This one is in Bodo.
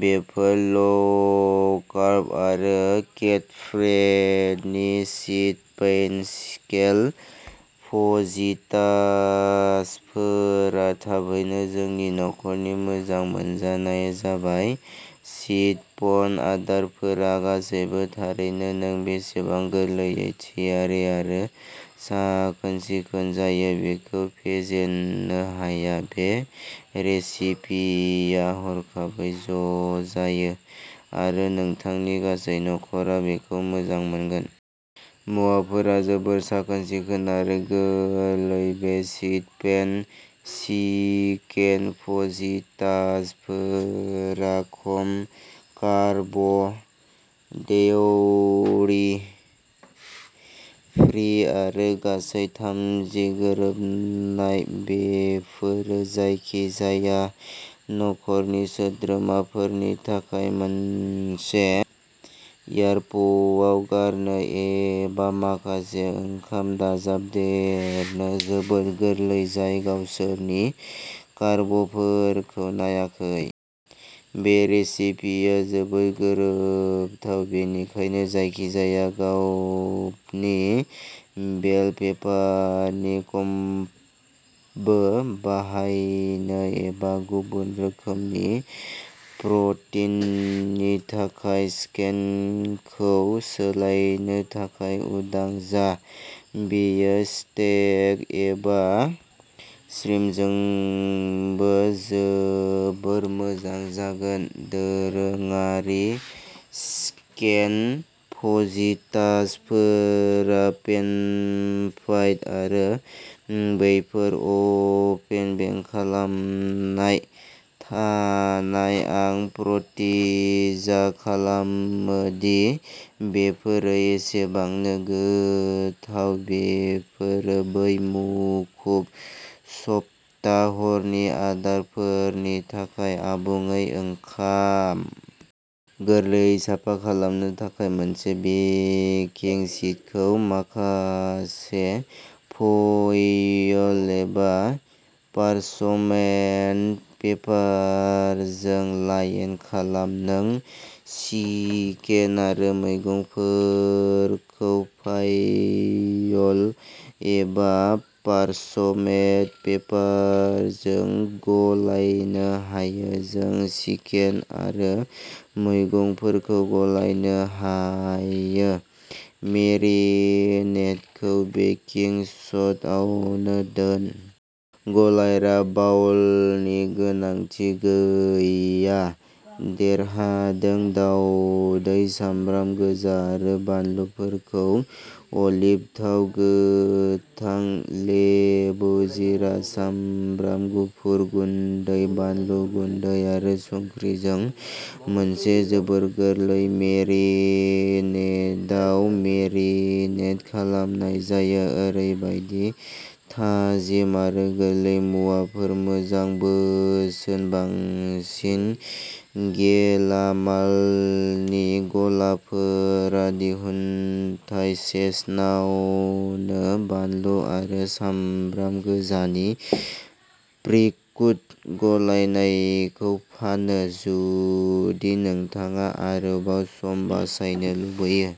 बेफोर ल'कार्ब आरो केट'फ्रेन्डलि शीट पैन चिकेन फजितासफोरा थाबैनो जोंनि नखरनि मोजां मोनजानाय जाबाय। शीट पैन आदारफोरा गासैबो। थारैनो नों बेसेबां गोरलैयै थियारि आरो साखोन-सिखोन जायो बेखौ फेजेननो हाया। बे रेसिपिया हरखाबै ज'जायो आरो नोंथांनि गासै नख'रा बेखौ मोजां मोनगोन। मुवाफोरा जोबोद साखोन-सिखोन आरो गोरलै। बे शीट पेन चिकेन फजितासफोरा खम कार्ब डेयरी फ्रि आरो गासै थामजि गोरोबनाय। बेफोरो जायखिजाया नखरनि सोद्रोमाफोरनि थाखाय मोनसे र्यापआव गारनो एबा माखासे ओंखाम दाजाबदेरनो जोबोद गोरलै। जाय गावसोरनि कार्बफोरखौ नायाखै। बे रेसिपिया जोबोद गोरोबथाव। बेनिखायनो जायखिजाया गाबनि बेल पेपारनि कम्बो बाहायनो एबा गुबुन रोखोमनि प्रटिननि थाखाय चिकेनखौ सोलायनो थाखाय उदां जा। बेयो स्टेक एबा श्रिमपजोंबो जोबोद मोजां जागोन। दोरोङारि चिकेन फजितासफोरा पेन फ्राइड आरो बेफोर अभेन बेक खालामनाय नाथाय आं प्रतिज्ञा खालामो दि बेफोरो एसेबांनो गोथाव बेफोरो बै मुखुब सप्ता हरनि आदारफोरनि थाखाय आबुं ओंखाम। गोरलैयै साफा खालामनो थाखाय मोनसे बेकिं शीटखौ माखासे फयल एबा पार्चमेन्ट पेपारजों लाइन खालाम। नों चिकेन आरो मैगंफोरखौ फयल एबा पार्चमेन्ट पेपारजों गलायनो हायो। नों चिकेन आरो मैगंफोरखौ गलायनो हायो। मेरिनेडखौ बेकिं शीटआवनो दोन। गलायग्रा बावलनि गोनांथि गैया। देरहादों दावदै सामब्राम गोजा आरो बानलुफोरखौ अलिभ थाव, गोथां लेबु, जीरा, सामब्राम गुफुर गुन्दै, बानलु गुन्दै आरो संख्रिजों मोनसे जोबोद गोरलै मेरिनेडआव मेरिनेट खालामनाय जायो। ओरैबायदि थाजिम आरो गोरलै मुवाफोर मोजां बोसोन बांसिन गेलामालनि गलाफोरा दिहुनथाइ सेशनावनो बानलु आरो सामब्राम गोजानि प्रिकुट गलायनायखौ फानो जुदि नोंथाङा आरोबाव सम बासायनो लुगैयो।